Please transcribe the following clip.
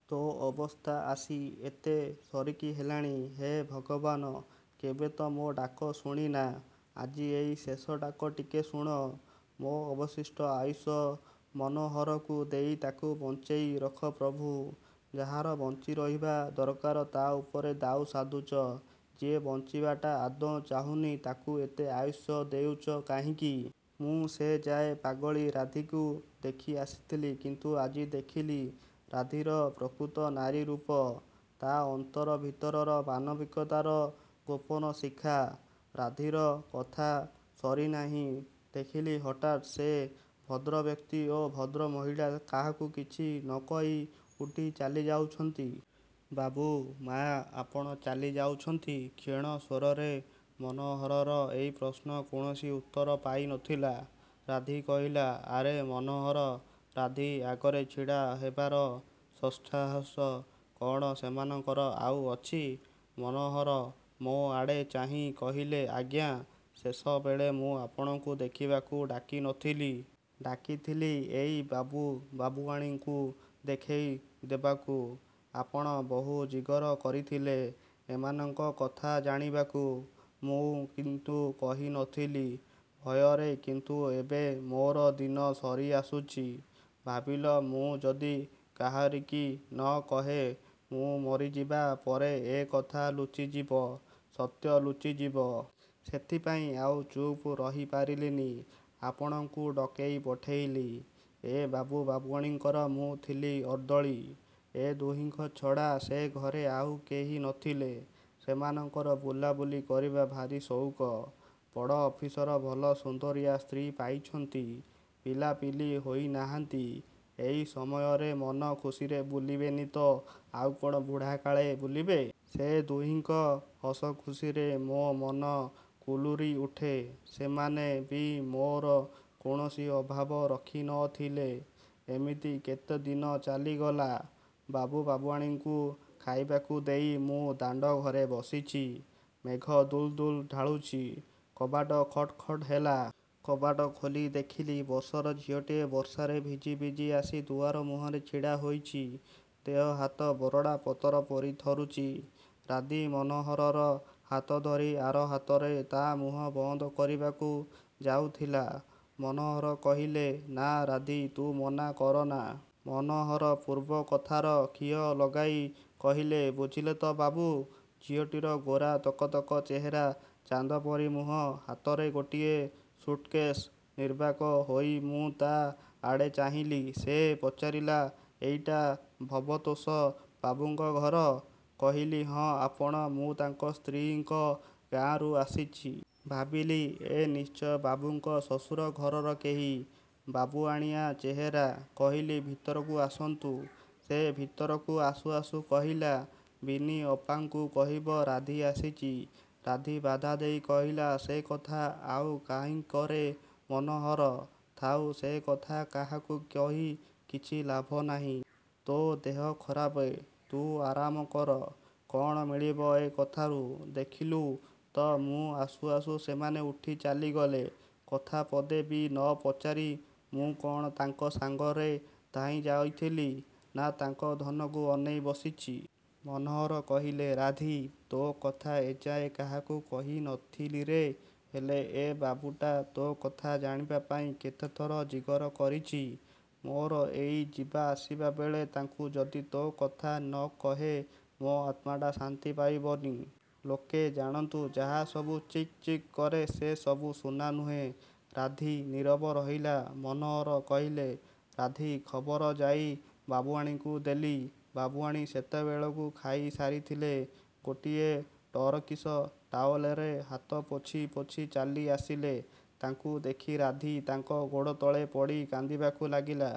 ତୋ ଅବସ୍ଥା ଆସି ଏତେ ସରିକି ହେଲାଣି! ହେ ଭଗବାନ! କେବେ ତ ମୋ' ଡାକ ଶୁଣିନା-ଆଜି ଏଇ ଶେଷ ଡାକ ଟିକେ ଶୁଣ ମୋ' ଅବଶିଷ୍ଟ ଆୟୁଷ ମନୋହରକୁ ଦେଇ ତାକୁ ବଞ୍ଚେଇ ରଖ ପ୍ରଭୁ। ଯାହାର ବଞ୍ଚି ରହିବା ଦରକାର ତା' ଉପରେ ଦାଉ ସାଧୁଛ, ଯିଏ ବଞ୍ଚିବାଟା ଆଦୌ ଚାହୁଁନି ତାକୁ ଏତେ ଆୟୁଷ ଦେଉଛ, କାହିଁକି? ମୁଁ ସେ ଯାଏ 'ପାଗଳୀ' ରାଧିକୁ ଦେଖି ଆସିଥିଲି କିନ୍ତୁ ଆଜି ଦେଖିଲି ରାଧିର ପ୍ରକୃତ ନାରୀ ରୂପ। ତା' ଅନ୍ତର ଭିତରର ମାନବିକତାର ଗୋପନ ଶିଖା। ରାଧିର କଥା ସରିନାହିଁ-ଦେଖିଲି ହଠାତ୍ ସେ ଭଦ୍ରବ୍ୟକ୍ତି ଓ ଭଦ୍ର ମହିଳା କାହାକୁ କିଛି ନକହି ଉଠି ଚାଲିଯାଉଛନ୍ତି। 'ବାବୁ ମାଆ-ଆପଣ ଚାଲି ଯାଉଛନ୍ତି? କ୍ଷୀଣ ସ୍ୱରରେ ମନୋହରର ଏଇ ପ୍ରଶ୍ନ କୌଣସି ଉତ୍ତର ପାଇ ନ ଥିଲା। ରାଧି କହିଲା-ଆରେ ମନୋହର, ରାଧି ଆଗରେ ଛିଡ଼ା ହେବାର ସତ୍ସାହସ କ'ଣ ସେମାନଙ୍କର ଆଉ ଅଛି? ମନୋହର ମୋ' ଆଡ଼େ ଚାହିଁ କହିଲେ-ଆଜ୍ଞା, ଶେଷ ବେଳେ ମୁଁ ଆପଣଙ୍କୁ ଦେଖିବାକୁ ଡାକି ନଥିଲି। ଡାକିଥିଲି ଏଇ ବାବୁ ବାବୁଆଣୀଙ୍କୁ ଦେଖେଇ ଦେବାକୁ। ଆପଣ ବହୁ ଜିଗର କରିଥିଲେ ଏମାନଙ୍କ କଥା ଜାଣିବାକୁ। ମୁଁ କିନ୍ତୁ କହି ନଥିଲି, ଭୟରେ କିନ୍ତୁ ଏବେ ମୋର ଦିନ ସରି ଆସୁଛି। ଭାବିଲ-ମୁଁ ଯଦି କାହାରିକି ନ କହେ ମୁଁ ମରିଯିବା ପରେ ଏ କଥା ଲୁଚିଯିବ, ସତ୍ୟ ଲୁଚିଯିବ। ସେଥିପାଇଁ ଆଉ ଚୁପ୍ ରହି ପାରିଲିନି। ଆପଣଙ୍କୁ ଡକେଇ ପଠେଇଲି। ଏ ବାବୁ ବାବୁଆଣୀଙ୍କର ମୁଁ ଥିଲି ଅର୍ଦ୍ଦଳି। ଏ ଦୁହିଁଙ୍କ ଛଡ଼ା ସେ ଘରେ ଆଉ କେହି ନଥିଲେ। ସେମାନଙ୍କର ବୁଲାବୁଲି କରିବା ଭାରୀ ସଉକ। ବଡ଼ ଅଫିସର-ଭଲ ସୁନ୍ଦରିଆ ସ୍ତ୍ରୀ ପାଇଛନ୍ତି, ପିଲା ପିଲି ହୋଇ ନାହାନ୍ତି-ଏଇ ସମୟରେ ମନ ଖୁସିରେ ବୁଲିବେନି ତ ଆଉ କ'ଣ ବୁଢ଼ାକାଳେ ବୁଲିବେ? ସେ ଦୁହିଁଙ୍କ ହସଖୁସିରେ ମୋ' ମନ କୁଲୁରି ଉଠେ। ସେମାନେ ବି ମୋର କୌଣସି ଅଭାବ ରଖି ନ ଥିଲେ। ଏମିତି କେତେ ଦିନ ଚାଲିଗଲା। ବାବୁ ବାବୁଆଣୀଙ୍କୁ ଖାଇବାକୁ ଦେଇ ମୁଁ ଦାଣ୍ଡ ଘରେ ବସିଛି। ମେଘ ଦୁଲ୍ ଦୁଲ୍ ଢାଳୁଛି। କବାଟ ଖଟ୍ ଖଟ୍ ହେଲା। କବାଟ ଖୋଲି ଦେଖିଲି ବର୍ଷର ଝିଅଟିଏ ବର୍ଷାରେ ଭିଜିଭିଜି ଆସି ଦୁଆର ମୁହଁରେ ଛିଡ଼ା ହୋଇଛି। ଦେହ, ହାତ ବରଡ଼ା ପତର ପରି ଥରୁଛି। ରାଧି ମନୋହରର ହାତଧରି ଆର ହାତରେ ତା' ମୁହଁ ବନ୍ଦ କରିବାକୁ ଯାଉଥିଲା। ମନୋହର କହିଲେ-ନା, ରାଧି, ତୁ ମନା କରନା। ମନୋହର ପୂର୍ବ କଥାର ଖିଅ ଲଗାଇ କହିଲେ-ବୁଝିଲେ ତ ବାବୁ, ଝିଅଟିର ଗୋରା ତକ ତକ ଚେହେରା, ଚାନ୍ଦପରି ମୁହଁ, ହାତରେ ଗୋଟିଏ ସୁଟ୍କେଶ୍। ନିର୍ବାକ ହୋଇ ମୁଁ ତା' ଆଡ଼େ ଚାହିଁଲି। ସେ ପଚାରିଲା-ଏଇଟା ଭବତୋଷ ବାବୁଙ୍କ ଘର? କହିଲି-ହଁ, ଆପଣ? ମୁଁ ତାଙ୍କ ସ୍ତ୍ରୀଙ୍କ ଗାଆଁରୁ ଆସିଛି। ଭାବିଲି-ଏ ନିଶ୍ଚୟ ବାବୁଙ୍କ ଶଶୁର ଘରର କେହି! ବାବୁଆଣିଆ ଚେହେରା! କହିଲି-ଭିତରକୁ ଆସନ୍ତୁ। ସେ ଭିତରକୁ ଆସୁ ଆସୁ କହିଲା-ବିନି ଅପାଙ୍କୁ କହିବ ରାଧି ଆସିଛି। ରାଧି ବାଧା ଦେଇ କହିଲା-ସେ କଥା ଆଉ କାହିଁକିରେ ମନୋହର? ଥାଉ ସେ କଥା କାହାକୁ କହି କିଛି ଲାଭ ନାହିଁ। ତୋ, ଦେହ ଖରାପ। ତୁ ଆରାମ କର। କ'ଣ ମିଳିବ ଏ କଥାରୁ-? ଦେଖିଲୁ ତ ମୁଁ ଆସୁ ଆସୁ ସେମାନେ ଉଠି ଚାଲିଗଲେ କଥା ପଦେ ବି ନ ପଚାରି। ମୁଁ କ'ଣ ତାଙ୍କ ସାଙ୍ଗରେ ଧାଇଁ ଯାଉଥିଲି ନା ତାଙ୍କ ଧନକୁ ଅନେଇ ବସିଛି। ମନୋହର କହିଲେ-ରାଧି, ତୋ' କଥା ଏଯାଏ କାହାକୁ କହି ନ ଥିଲିରେ! ହେଲେ ଏ ବାବୁଟା ତୋ' କଥା ଜାଣିବା ପାଇଁ କେତେ ଥର ଜିଗର କରିଛି। ମୋର ଏଇ ଯିବା ଆସିବା ବେଳେ ତାଙ୍କୁ ଯଦି ତୋ' କଥା ନକହେ ମୋ' ଆତ୍ମାଟା ଶାନ୍ତି ପାଇବନି! ଲୋକେ ଜାଣନ୍ତୁ ଯାହା ସବୁ ଚିକ୍ ଚିକ୍ କରେ ସେ ସବୁ ସୁନା ନୁହେଁ। ରାଧି ନୀରବ ରହିଲା। ମନୋହର କହିଲେ-ରାଧି ଖବର ଯାଇ ବାବୁଆଣୀଙ୍କୁ ଦେଲି। ବାବୁଆଣୀ ସେତେବେଳକୁ ଖାଇ ସାରିଥିଲେ ଗୋଟିଏ ଟରକିସ ଟାଓଲରେ ହାତ ପୋଛି ପୋଛି ଚାଲି ଆସିଲେ। ତାଙ୍କୁ ଦେଖି ରାଧି ତାଙ୍କ ଗୋଡ଼ତଳେ ପଡ଼ି କାନ୍ଦିବାକୁ ଲାଗିଲା।